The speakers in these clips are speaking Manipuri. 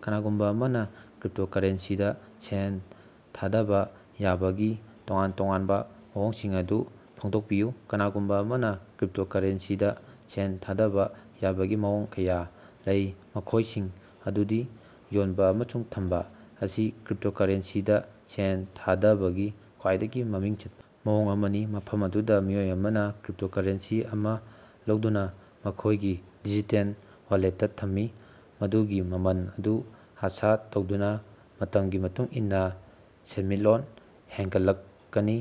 ꯀꯅꯥꯒꯨꯝꯕ ꯑꯃꯅ ꯀ꯭ꯔꯤꯞꯇꯣꯀꯔꯦꯟꯁꯤꯗ ꯁꯦꯜ ꯊꯥꯗꯕ ꯌꯥꯕꯒꯤ ꯇꯣꯉꯥꯟ ꯇꯣꯉꯥꯟꯕ ꯃꯑꯣꯡꯁꯤꯡ ꯑꯗꯨ ꯐꯣꯡꯗꯣꯛꯄꯤꯌꯨ꯫ ꯀꯅꯥꯒꯨꯝꯕ ꯑꯃꯅ ꯀ꯭ꯔꯤꯞꯇꯣꯀꯔꯦꯟꯁꯤꯗ ꯁꯦꯜ ꯊꯥꯗꯕ ꯌꯥꯕꯒꯤ ꯃꯑꯣꯡ ꯀꯌꯥ ꯂꯩ꯫ ꯃꯈꯣꯏꯁꯤꯡ ꯑꯗꯨꯗꯤ: ꯌꯣꯟꯕ ꯑꯃꯁꯨꯡ ꯊꯝꯕ – ꯃꯁꯤ ꯀ꯭ꯔꯤꯞꯇꯣꯀꯔꯦꯟꯁꯤꯗ ꯁꯦꯜ ꯊꯥꯗꯕꯒꯤ ꯈ꯭ꯋꯥꯏꯗꯒꯤ ꯃꯃꯤꯡ ꯆꯠꯄ ꯃꯑꯣꯡ ꯑꯃꯅꯤ꯫ ꯃꯐꯝ ꯑꯗꯨꯗ ꯃꯤꯑꯣꯏ ꯑꯃꯅ ꯀ꯭ꯔꯤꯞꯇꯣꯀꯔꯦꯟꯁꯤ ꯑꯃ ꯂꯧꯗꯨꯅ ꯃꯈꯣꯏꯒꯤ ꯗꯤꯖꯤꯇꯦꯜ ꯋꯥꯂꯦꯠꯇ ꯊꯝꯃꯤ꯫ ꯃꯗꯨꯒꯤ ꯃꯃꯜ ꯑꯗꯨ ꯑꯥꯁꯥ ꯇꯧꯗꯨꯅ ꯃꯇꯝꯒꯤ ꯃꯇꯨꯡ ꯏꯟꯅ ꯁꯦꯟꯃꯤꯠꯂꯣꯟ ꯍꯦꯟꯒꯠꯂꯛꯀꯅꯤ꯫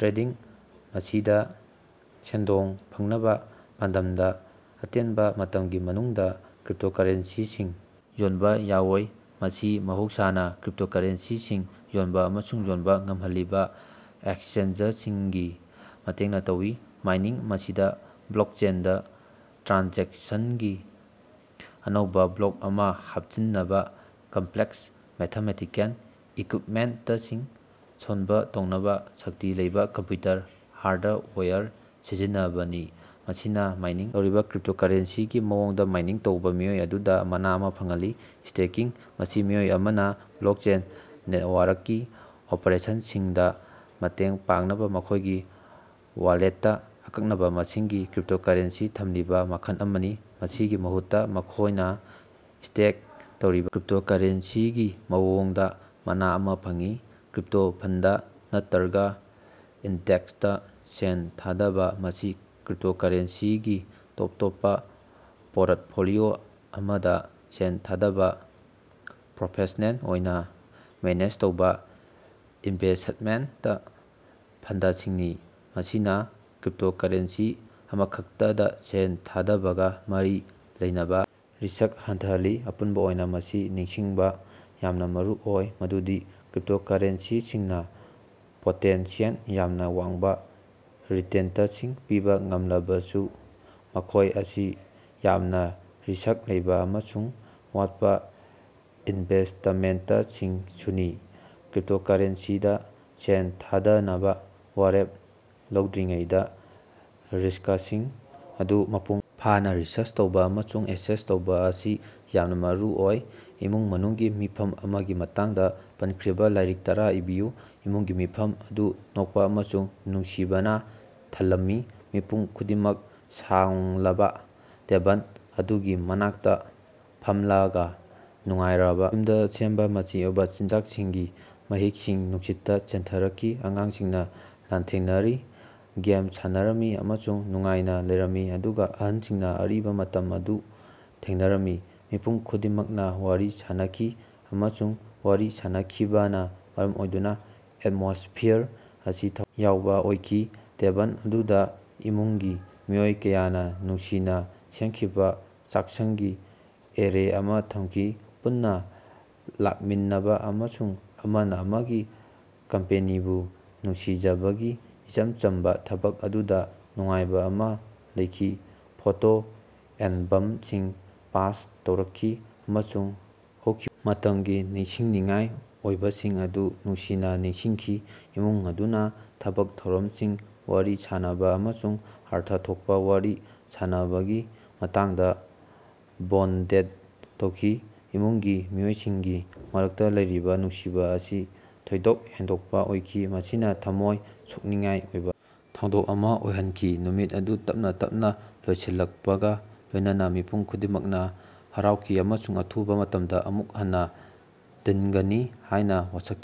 ꯇ꯭ꯔꯦꯗꯤꯡ – ꯃꯁꯤꯗ ꯁꯦꯟꯗꯣꯡ ꯐꯪꯅꯕ ꯄꯥꯟꯗꯝꯗ ꯑꯇꯦꯟꯕ ꯃꯇꯝꯒꯤ ꯃꯅꯨꯡꯗ ꯀ꯭ꯔꯤꯞꯇꯣꯀꯔꯦꯟꯁꯤꯁꯤꯡ ꯌꯣꯟꯕ ꯌꯥꯑꯣꯏ꯫ ꯃꯁꯤ ꯃꯍꯧꯁꯥꯅ ꯀ꯭ꯔꯤꯞꯇꯣꯀꯔꯦꯟꯁꯤꯁꯤꯡ ꯌꯣꯟꯕ ꯑꯃꯁꯨꯡ ꯌꯣꯟꯕ ꯉꯝꯍꯜꯂꯤꯕ ꯑꯦꯛꯁꯆꯦꯟꯖꯁꯤꯡꯒꯤ ꯃꯇꯦꯡꯅ ꯇꯧꯏ꯫ ꯃꯥꯏꯅꯤꯡ – ꯃꯁꯤꯗ ꯕ꯭ꯂꯣꯛꯆꯦꯟꯗ ꯇ꯭ꯔꯥꯟꯖꯦꯛꯁꯟꯒꯤ ꯑꯅꯧꯕ ꯕ꯭ꯂꯣꯛ ꯑꯃ ꯍꯥꯞꯆꯤꯟꯅꯕ ꯀꯝꯄ꯭ꯂꯦꯛꯁ ꯃꯦꯊꯃꯦꯇꯤꯀꯦꯜ ꯏꯀ꯭ꯌꯨꯏꯞꯃꯦꯟꯇꯁꯤꯡ ꯁꯣꯜꯚ ꯇꯧꯅꯕ ꯁꯛꯇꯤ ꯂꯩꯕ ꯀꯝꯄ꯭ꯌꯨꯇꯔ ꯍꯥꯔꯗꯋꯦꯌꯔ ꯁꯤꯖꯤꯟꯅꯕꯅꯤ꯫ ꯃꯁꯤꯅ ꯃꯥꯏꯅꯤꯡ ꯇꯧꯔꯤꯕ ꯀ꯭ꯔꯤꯞꯇꯣꯀꯔꯦꯟꯁꯤꯒꯤ ꯃꯑꯣꯡꯗ ꯃꯥꯏꯅꯤꯡ ꯇꯧꯕ ꯃꯤꯑꯣꯏ ꯑꯗꯨꯗ ꯃꯅꯥ ꯑꯃ ꯐꯪꯍꯜꯂꯤ꯫ ꯁ꯭ꯇꯦꯀꯤꯡ – ꯃꯁꯤ ꯃꯤꯑꯣꯏ ꯑꯃꯅ ꯕ꯭ꯂꯣꯛꯆꯦꯟ ꯅꯦꯠꯋꯥꯔꯛꯀꯤ ꯑꯣꯄꯔꯦꯁꯟꯁꯤꯡꯗ ꯃꯇꯦꯡ ꯄꯥꯡꯅꯕ ꯃꯈꯣꯏꯒꯤ ꯋꯥꯂꯦꯠꯇ ꯑꯀꯛꯅꯕ ꯃꯁꯤꯡꯒꯤ ꯀ꯭ꯔꯤꯞꯇꯣꯀꯔꯦꯟꯁꯤ ꯊꯝꯂꯤꯕ ꯃꯈꯜ ꯑꯃꯅꯤ꯫ ꯃꯁꯤꯒꯤ ꯃꯍꯨꯠꯇ ꯃꯈꯣꯏꯅ ꯁ꯭ꯇꯦꯛ ꯇꯧꯔꯤꯕ ꯀ꯭ꯔꯤꯞꯇꯣꯀꯔꯦꯟꯁꯤꯒꯤ ꯃꯑꯣꯡꯗ ꯃꯅꯥ ꯑꯃ ꯐꯪꯏ꯫ ꯀ꯭ꯔꯤꯞꯇꯣ ꯐꯟꯗ ꯅꯠꯇ꯭ꯔꯒ ꯏꯟꯗꯦꯛꯁꯇ ꯁꯦꯜ ꯊꯥꯗꯕ – ꯃꯁꯤ ꯀ꯭ꯔꯤꯞꯇꯣꯀꯔꯦꯟꯁꯤꯒꯤ ꯇꯣꯞ ꯇꯣꯞꯄ ꯄꯣꯔꯠꯐꯣꯂꯤꯑꯣ ꯑꯃꯗ ꯁꯦꯜ ꯊꯥꯗꯕ ꯄ꯭ꯔꯣꯐꯦꯁ꯭ꯅꯦꯜ ꯑꯣꯏꯅ ꯃꯦꯅꯦꯖ ꯇꯧꯕ ꯏꯟꯚꯦꯁꯠꯃꯦꯟꯇ ꯐꯟꯗꯁꯤꯡꯅꯤ꯫ ꯃꯁꯤꯅ ꯀ꯭ꯔꯤꯞꯇꯣꯀꯔꯦꯟꯁꯤ ꯑꯃꯈꯛꯇꯗ ꯁꯦꯜ ꯊꯥꯗꯕꯒ ꯃꯔꯤ ꯂꯩꯅꯕ ꯔꯤꯁꯛ ꯍꯟꯊꯍꯜꯂꯤ꯫ ꯑꯄꯨꯟꯕ ꯑꯣꯏꯅ, ꯃꯁꯤ ꯅꯤꯡꯁꯤꯡꯕ ꯌꯥꯝꯅ ꯃꯔꯨ ꯑꯣꯏ ꯃꯗꯨꯗꯤ ꯀ꯭ꯔꯤꯞꯇꯣꯀꯔꯦꯟꯁꯤꯁꯤꯡꯅ ꯄꯣꯇꯦꯟꯁꯤꯌꯦꯜ ꯌꯥꯝꯅ ꯋꯥꯡꯕ ꯔꯤꯇꯦꯟꯇꯁꯤꯡ ꯄꯤꯕ ꯉꯝꯂꯕꯁꯨ ꯃꯈꯣꯏ ꯑꯁꯤ ꯌꯥꯝꯅ ꯔꯤꯁ꯭ꯛ ꯂꯩꯕ ꯑꯃꯁꯨꯡ ꯋꯥꯠꯄ ꯏꯟꯚꯦꯁꯇꯃꯦꯟꯇꯁꯤꯡꯁꯨꯅꯤ꯫ ꯀ꯭ꯔꯤꯞꯇꯣꯀꯔꯦꯟꯁꯤꯗ ꯁꯦꯜ ꯊꯥꯗꯅꯕ ꯋꯥꯔꯦꯞ ꯂꯧꯗ꯭ꯔꯤꯉꯩꯗ ꯔꯤꯁꯀꯁꯤꯡ ꯑꯗꯨ ꯃꯄꯨꯡ ꯐꯥꯅ ꯔꯤꯁꯔꯆ ꯇꯧꯕ ꯑꯃꯁꯨꯡ ꯑꯦꯁꯦꯁ ꯇꯧꯕ ꯑꯁꯤ ꯌꯥꯝꯅ ꯃꯔꯨꯑꯣꯏ꯫ ꯏꯃꯨꯡ ꯃꯅꯨꯡꯒꯤ ꯃꯤꯐꯝ ꯑꯃꯒꯤ ꯃꯇꯥꯡꯗ ꯄꯟꯈ꯭ꯔꯤꯕ ꯂꯥꯏꯔꯤꯛ ꯇꯔꯥ ꯏꯕꯤꯌꯨ꯫ ꯏꯃꯨꯡꯒꯤ ꯃꯤꯐꯝ ꯑꯗꯨ ꯅꯣꯛꯄ ꯑꯃꯁꯨꯡ ꯅꯨꯡꯁꯤꯕꯅ ꯊꯜꯂꯝꯃꯤ꯫ ꯃꯤꯄꯨꯝ ꯈꯨꯗꯤꯡꯃꯛ ꯁꯥꯡꯂꯕ ꯇꯦꯕꯜ ꯑꯗꯨꯒꯤ ꯃꯅꯥꯛꯇ ꯐꯝꯂꯒ ꯅꯨꯡꯉꯥꯏꯔꯕ ꯌꯨꯝꯗ ꯁꯦꯝꯕ ꯃꯆꯤ ꯑꯣꯏꯕ ꯆꯤꯟꯖꯥꯛꯁꯤꯡꯒꯤ ꯃꯍꯤꯛꯁꯤꯡ ꯅꯨꯡꯁꯤꯠꯇ ꯆꯦꯟꯊꯔꯛꯈꯤ꯫ ꯑꯉꯥꯡꯁꯤꯡꯅ ꯂꯥꯟꯊꯦꯡꯅꯔꯤ, ꯒꯦꯝ ꯁꯥꯟꯅꯔꯝꯃꯤ ꯑꯃꯁꯨꯡ ꯅꯨꯡꯉꯥꯏꯅ ꯂꯩꯔꯝꯃꯤ ꯑꯗꯨꯒ ꯑꯍꯜꯁꯤꯡꯅ ꯑꯔꯤꯕ ꯃꯇꯝ ꯑꯗꯨ ꯊꯦꯡꯅꯔꯝꯃꯤ꯫ ꯃꯤꯄꯨꯝ ꯈꯨꯗꯤꯡꯃꯛꯅ ꯋꯥꯔꯤ ꯁꯥꯅꯈꯤ ꯑꯃꯁꯨꯡ ꯋꯥꯔꯤ ꯁꯥꯅꯈꯤꯕꯅ ꯃꯔꯝ ꯑꯣꯏꯗꯨꯅ ꯑꯦꯠꯃꯣꯁꯐꯤꯌꯔ ꯑꯁꯤ ꯊꯋꯥꯏ ꯌꯥꯎꯕ ꯑꯣꯏꯈꯤ꯫ ꯇꯦꯕꯜ ꯑꯗꯨꯗ ꯏꯃꯨꯡꯒꯤ ꯃꯤꯑꯣꯏ ꯀꯌꯥꯅ ꯅꯨꯡꯁꯤꯅ ꯁꯦꯝꯈꯤꯕ ꯆꯥꯛꯁꯪꯒꯤ ꯑꯦꯔꯦ ꯑꯃ ꯊꯝꯈꯤ꯫ ꯄꯨꯟꯅ ꯂꯥꯛꯃꯤꯟꯅꯕ ꯑꯃꯁꯨꯡ ꯑꯃꯅ ꯑꯃꯒꯤ ꯀꯝꯄꯦꯅꯤꯕꯨ ꯅꯨꯡꯁꯤꯖꯕꯒꯤ ꯏꯆꯝ ꯆꯝꯕ ꯊꯕꯛ ꯑꯗꯨꯗ ꯅꯨꯡꯉꯥꯏꯕ ꯑꯃ ꯂꯩꯈꯤ꯫ ꯐꯣꯇꯣ ꯑꯦꯜꯕꯝꯁꯤꯡ ꯄꯥꯁ ꯇꯧꯔꯛꯈꯤ ꯑꯃꯁꯨꯡ ꯍꯧꯈꯤꯕ ꯃꯇꯝꯒꯤ ꯅꯤꯡꯁꯤꯡꯅꯤꯡꯉꯥꯏ ꯑꯣꯏꯕꯁꯤꯡ ꯑꯗꯨ ꯅꯨꯡꯁꯤꯅ ꯅꯤꯡꯁꯤꯡꯈꯤ꯫ ꯏꯃꯨꯡ ꯑꯗꯨꯅ ꯊꯕꯛ ꯊꯧꯔꯝꯁꯤꯡ, ꯋꯥꯔꯤ ꯁꯥꯟꯅꯕ ꯑꯃꯁꯨꯡ ꯑꯔꯊ ꯊꯣꯛꯄ ꯋꯥꯔꯤ ꯁꯥꯟꯅꯕꯒꯤ ꯃꯇꯥꯡꯗ ꯕꯣꯟꯗꯦꯗ ꯇꯧꯈꯤ꯫ ꯏꯃꯨꯡꯒꯤ ꯃꯤꯑꯣꯏꯁꯤꯡꯒꯤ ꯃꯔꯛꯇ ꯂꯩꯔꯤꯕ ꯅꯨꯡꯁꯤꯕ ꯑꯁꯤ ꯊꯣꯏꯗꯣꯛ ꯍꯦꯟꯗꯣꯛꯄ ꯑꯣꯏꯈꯤ꯫ ꯃꯁꯤꯅ ꯊꯝꯃꯣꯏ ꯁꯣꯛꯅꯤꯡꯉꯥꯏ ꯑꯣꯏꯕ ꯊꯧꯗꯣꯛ ꯑꯃ ꯑꯣꯏꯍꯟꯈꯤ꯫ ꯅꯨꯃꯤꯠ ꯑꯗꯨ ꯇꯞꯅ ꯇꯞꯅ ꯂꯣꯏꯁꯤꯜꯂꯛꯄꯒ ꯂꯣꯏꯅꯅ ꯃꯤꯄꯨꯝ ꯈꯨꯗꯤꯡꯃꯛꯅ ꯍꯔꯥꯎꯈꯤ ꯑꯃꯁꯨꯡ ꯑꯊꯨꯕ ꯃꯇꯝꯗ ꯑꯃꯨꯛ ꯍꯟꯅ ꯇꯤꯟꯒꯅꯤ ꯍꯥꯏꯅ ꯋꯥꯁꯛꯈꯤ꯫